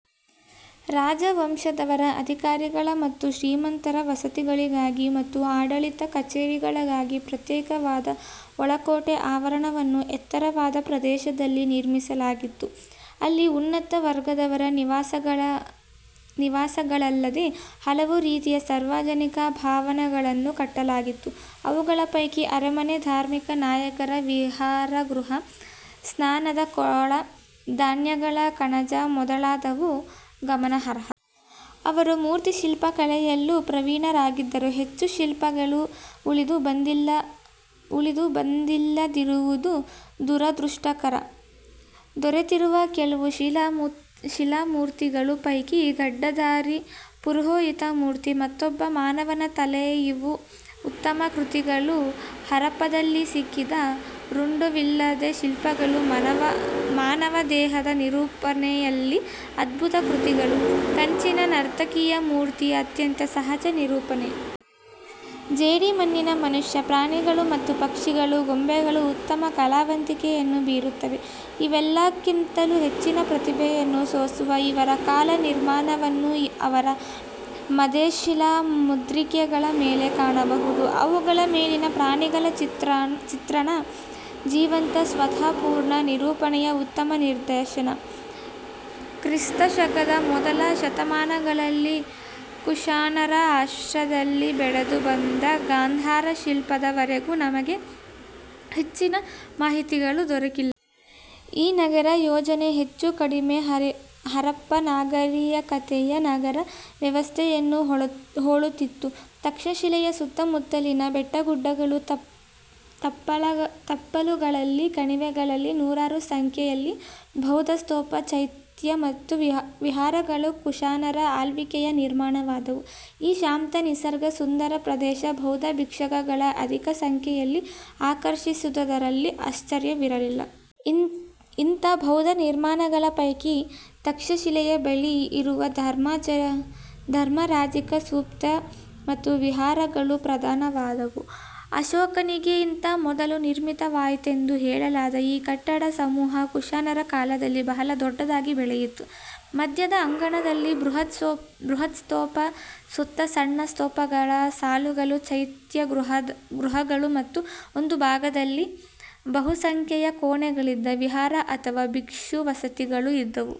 ರಾಜವಂಶದವರ, ಅಧಿಕಾರಿಗಳ ಮತ್ತು ಶ್ರೀಮಂತರ ವಸತಿಗಳಿಗಾಗಿ ಮತ್ತು ಆಡಳಿತ ಕಚೇರಿಗಳಿಗಾಗಿ ಪ್ರತ್ಯೇಕವಾದ ಒಳಕೋಟೆ ಆವರಣವನ್ನು ಎತ್ತರವಾದ ಪ್ರದೇಶದಲ್ಲಿ ನಿರ್ಮಿಸಲಾಗಿತ್ತು. ಅಲ್ಲಿ ಉನ್ನತ ವರ್ಗದವರ ನಿವಾಸಗಳಲ್ಲದೆ ಹಲವು ರೀತಿಯ ಸಾರ್ವಜನಿಕ ಭವನಗಳನ್ನು ಕಟ್ಟಲಾಗಿತ್ತು. ಅವುಗಳ ಪೈಕಿ ಅರಮನೆ, ಧಾರ್ಮಿಕ ನಾಯಕರ ವಿಹಾರಗೃಹ, ಸ್ನಾನದ ಕೊಳ, ಧಾನ್ಯಗಳ ಕಣಜ ಮೊದಲಾದವು ಗಮನಾರ್ಹ. ಅವರು ಮೂರ್ತಿಶಿಲ್ಪಕಲೆಯಲ್ಲೂ ಪ್ರವೀಣರಾಗಿದ್ದರೂ ಹೆಚ್ಚು ಶಿಲ್ಪಗಳು ಉಳಿದು ಬಂದಿಲ್ಲದಿರುವುದು ದುರದೃಷ್ಟಕರ, ದೊರೆತಿರುವ ಕೆಲವು ಶಿಲಾಮೂರ್ತಿಗಳ ಪೈಕಿ ಗಡ್ಡಧಾರಿ ಪುರೋಹಿತ ಮೂರ್ತಿ, ಮತ್ತೊಬ್ಬ ಮಾನವನ ತಲೆ ಇವು ಉತ್ತಮ ಕೃತಿಗಳು, ಹರಪ್ಪದಲ್ಲಿ ಸಿಕ್ಕಿದ ರುಂಡವಿಲ್ಲದ ಶಿಲ್ಪಗಳು ಮಾನವದೇಹದ ನಿರೂಪಣೆಯಲ್ಲಿ ಅದ್ಭುತ ಕೃತಿಗಳು. ಕಂಚಿನ ನರ್ತಕಿಯ ಮೂರ್ತಿ ಅತ್ಯಂತ ಸಹಜ ನಿರೂಪಣೆ. ಜೇಡಿಮಣ್ಣಿನ ಮನುಷ್ಯ, ಪ್ರಾಣಿಗಳ ಮತ್ತು ಪಕ್ಷಿಗಳ ಗೊಂಬೆಗಳು ಉತ್ತಮ ಕಲಾವಂತಿಕೆಯನ್ನು ಬೀರುತ್ತವೆ. ಇವೆಲ್ಲಕ್ಕಿಂತಲೂ ಹೆಚ್ಚಿನ ಪ್ರತಿಭೆಯನ್ನು ಸೂಸುವ ಅವರ ಕಲಾ ನಿರ್ಮಾಣವನ್ನು ಅವರ ಮೇದಶ್ಶಿಲಾ ಮುದ್ರಿಕೆಗಳ ಮೇಲೆ ಕಾಣಬಹುದು. ಅವುಗಳ ಮೇಲಿನ ಪ್ರಾಣಿಗಳ ಚಿತ್ರಣ ಜೀವಂತ ಸತ್ವಪೂರ್ಣ ನಿರೂಪಣೆಯ ಉತ್ತಮ ನಿದರ್ಶನ. ಕ್ರಿಸ್ತಶಕದ ಮೊದಲ ಶತಮಾನಗಳಲ್ಲಿ ಕುಷಾಣರ ಆಶ್ರಯದಲ್ಲಿ ಬೆಳೆದು ಬಂದ ಗಾಂಧಾರ ಶಿಲ್ಪದ ವರೆಗೂ ನಮಗೆ ಹೆಚ್ಚಿನ ಮಾಹಿತಿಗಳು ದೊರಕಿಲ್ಲ. ಈ ನಗರ ಯೋಜನೆ ಹೆಚ್ಚು ಕಡಿಮೆ ಹರಪ್ಪ ನಾಗರಿಕತೆಯ ನಗರ ವ್ಯವಸ್ಥೆಯನ್ನು ಹೋಲುತ್ತಿತ್ತು. ತಕ್ಷಶಿಲೆಯ ಸುತ್ತಮುತ್ತಲಿನ ಬೆಟ್ಟಗುಡ್ಡಗಳ ತಪ್ಪಲುಗಳಲ್ಲಿ, ಕಣಿವೆಗಳಲ್ಲಿ ನೂರಾರು ಸಂಖ್ಯೆಯಲ್ಲಿ ಬೌದ್ಧಸ್ತೂಪ, ಚೈತ್ಯ ಮತ್ತು ವಿಹಾರಗಳು ಕುಷಾಣರ ಆಳ್ವಿಕೆಯಲ್ಲಿ ನಿರ್ಮಾಣವಾದವು. ಈ ಶಾಂತ, ನಿಸರ್ಗ ಸುಂದರ ಪ್ರದೇಶ ಬೌದ್ಧ ಭಿಕ್ಷುಗಳನ್ನು ಅಧಿಕ ಸಂಖ್ಯೆಯಲ್ಲಿ ಆಕರ್ಷಿಸಿದುದರಲ್ಲಿ ಆಶ್ಚರ್ಯವಿಲ್ಲ. ಇಂಥ ಬೌದ್ಧ ನಿರ್ಮಾಣಗಳ ಪೈಕಿ ತಕ್ಷಶಿಲೆಯ ಬಳಿ ಇರುವ ಧರ್ಮರಾಜಿಕ ಸ್ತೂಪ ಮತ್ತು ವಿಹಾರಗಳು ಪ್ರಧಾನವಾದವು. ಅಶೋಕನಿಗಿಂತ ಮೊದಲು ನಿರ್ಮಿತವಾಯಿತೆಂದು ಹೇಳಲಾದ ಈ ಕಟ್ಟಡ ಸಮೂಹ ಕುಷಾಣರ ಕಾಲದಲ್ಲಿ ಬಹಳ ದೊಡ್ಡದಾಗಿ ಬೆಳೆಯಿತು. ಮಧ್ಯದ ಅಂಗಣದಲ್ಲಿ ಬೃಹತ್ಸ್ತೂಪ, ಸುತ್ತ ಸಣ್ಣ ಸ್ತೂಪಗಳ ಸಾಲುಗಳು ಚೈತ್ಯಗೃಹಗಳು ಮತ್ತು ಒಂದು ಭಾಗದಲ್ಲಿ ಬಹುಸಂಖ್ಯೆಯ ಕೋಣೆಗಳಿದ್ದ ವಿಹಾರ ಅಥವಾ ಭಿಕ್ಷು ವಸತಿಗಳು ಇದ್ದುವು.